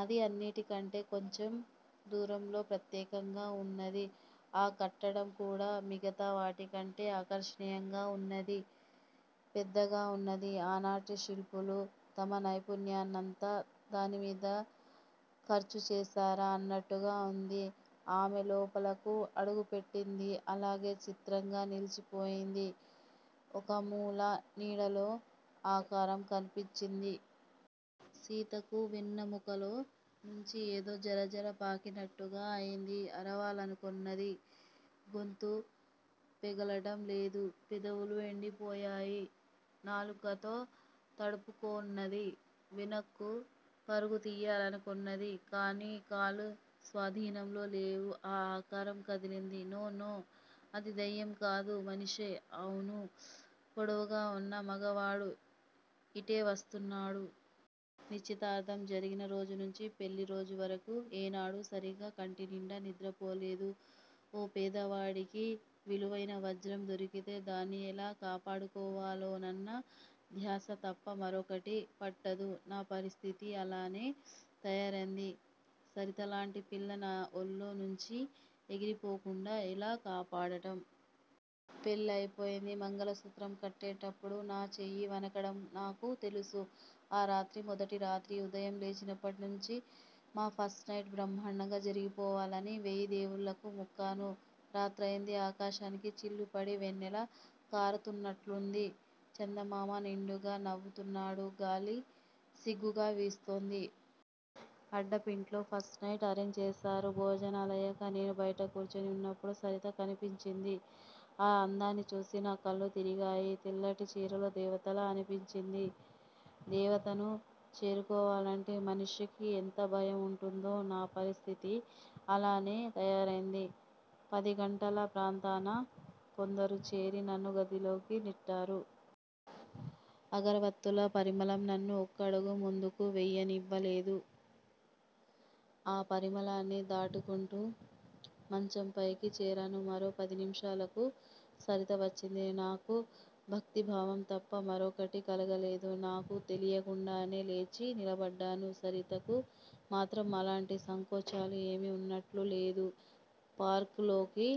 అది అన్నిటికంటే కొంచెం దూరంలో ప్రత్యేకంగా ఉన్నది. ఆ కట్టడం కూడా మిగతా వాటికంటే ఆకర్షణీయంగా ఉన్నది, పెద్దగా ఉన్నది. ఆనాటి శిల్పులు తమ నైపుణ్యాన్నంతా దానిమీద ఖర్చు చేశారా అన్నట్టుగా ఉంది. ఆమె లోపలకు అడుగుపెట్టింది. అలాగే చిత్రంగా నిలిచిపోయింది. ఒకమూల నీడలో ఆకారం కన్పించింది. సీతకు వెన్నెముకలో నుంచి ఏదో జరజరపాకినట్టుగా అయింది. అరవాలనుకొన్నది. గొంతు పెగలడం లేదు. పెదవులు ఎండిపోయాయి. నాలుకతో తడుపుకొన్నది. వెనక్కు పరుగుతియ్యాలనుకొన్నది. కాని కాళ్ళు స్వాధీనంలో లేవు. ఆ ఆకారం కదిలింది. నో! నో! అది దెయ్యంకాదు! మనిషే! అవును! పొడవుగా వున్న మగవాడు! ఇటే వస్తున్నాడు. నిశ్చితార్థం జరిగిన రోజు నుంచి పెళ్ళిరోజు వరకు ఏనాడూ సరిగా కంటినిండా నిద్రపోలేదు. ఓ పేదవాడికి విలువైన వజ్రం దొరికితే దాన్ని ఎలా కాపాడుకోవాలోనన్న ధ్యాస తప్ప మరొకటి పట్టదు. నా పరిస్థితీ అలానే తయారైంది. సరితలాంటి పిల్ల నా ఒళ్ళో నుంచి ఎగిరిపోకుండా ఎలా కాపాడడం? పెళ్ళి అయిపోయింది. మంగళసూత్రం కట్టేటప్పుడు నా చేయి వణకడం నాకు తెలుసు. ఆ రాత్రి మొదటి రాత్రి. ఉదయం లేచినప్పట్నుంచి మా ఫస్ట్ నైట్ బ్రహ్మాండంగా జరిగిపోవాలని వేయి దేవుళ్ళకు మొక్కాను. రాత్రయింది. ఆకాశానికి చిల్లుపడి వెన్నెల కారుతున్నట్లుంది. చందమామ నిండుగా నవ్వుతున్నాడు. గాలి సిగ్గుగా వీస్తోంది. అడ్డాపింట్లో ఫస్ట్ నైట్ అరేంజ్ చేశారు. భోజనాలయ్యాక నేను బయట కూర్చుని వున్నప్పుడు సరిత కనిపించింది. ఆ అందాన్ని చూసి నా కళ్ళు తిరిగాయి. తెల్లటి చీరలో దేవతలా అనిపించింది. దేవతను చేరుకోవాలంటే మనిషికి ఎంత భయం వుంటుందో నా పరిస్థితీ అలానే తయారైంది. పదిగంటల ప్రాంతాన కొందరు చేరి నన్ను గదిలోకి నెట్టారు. అగరవత్తుల పరిమళం నన్ను ఒక్కడుగు ముందుకు వేయనివ్వలేదు. ఆ పరిమళాన్ని దాటుకుంటూ మంచంపైకి చేరాను. మరో పదినిముషాలకు సరిత వచ్చింది. నాకు భక్తిభావం తప్ప మరొకటి కలగలేదు. నాకు తెలియకుండానే లేచి నిలబడ్డాను. సరితకు మాత్రం అలాంటి సంకోచాలు ఏమీ వున్నట్లు లేదు. పార్క్ లోకి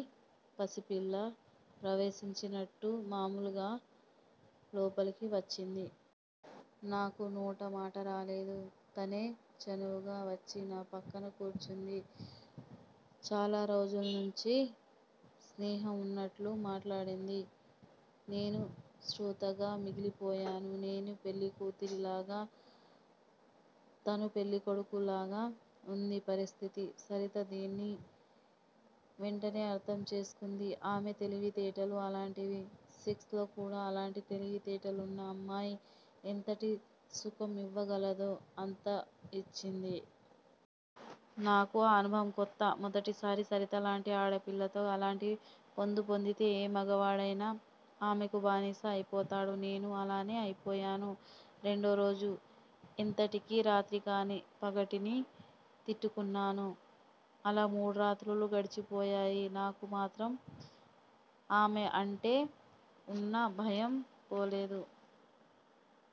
పసిపిల్ల ప్రవేశించినట్టు మామూలుగా లోపలికి వచ్చింది. నాకు నోట మాట రాలేదు. తనే చనువుగా వచ్చి నా పక్కన కూర్చుంది. చాలా రోజుల్నుంచి స్నేహం వున్నట్లు మాట్లాడింది. నేను శ్రోతగా మిగిలిపోయాను. నేను పెళ్లికూతురిలాగా, తను పెళ్ళికొడుకులాగా వుంది పరిస్థితి. సరిత దీన్ని వెంటనే అర్థం చేసుకుంది. ఆమె తెలివితేటలు అలాంటివి. సెక్స్ లో కూడా అలాంటి తెలివితేటలున్న అమ్మాయి ఎంతటి సుఖం ఇవ్వగలదో అంతా యిచ్చింది. నాకు ఆ అనుభవం కొత్త. మొదటిసారి సరిత లాంటి ఆడపిల్లతో అలాంటి పొందు పొందితే ఏ మగవాడైనా ఆమెకు బానిస అయిపోతాడు. నేనూ అలానే అయిపోయాను. రెండోరోజు ఎంతటికీ రాత్రికాని పగటిని తిట్టుకున్నాను. అలా మూడురాత్రులు గడిచిపోయాయి. నాకు మాత్రం ఆమె అంటే వున్న భయం పోలేదు.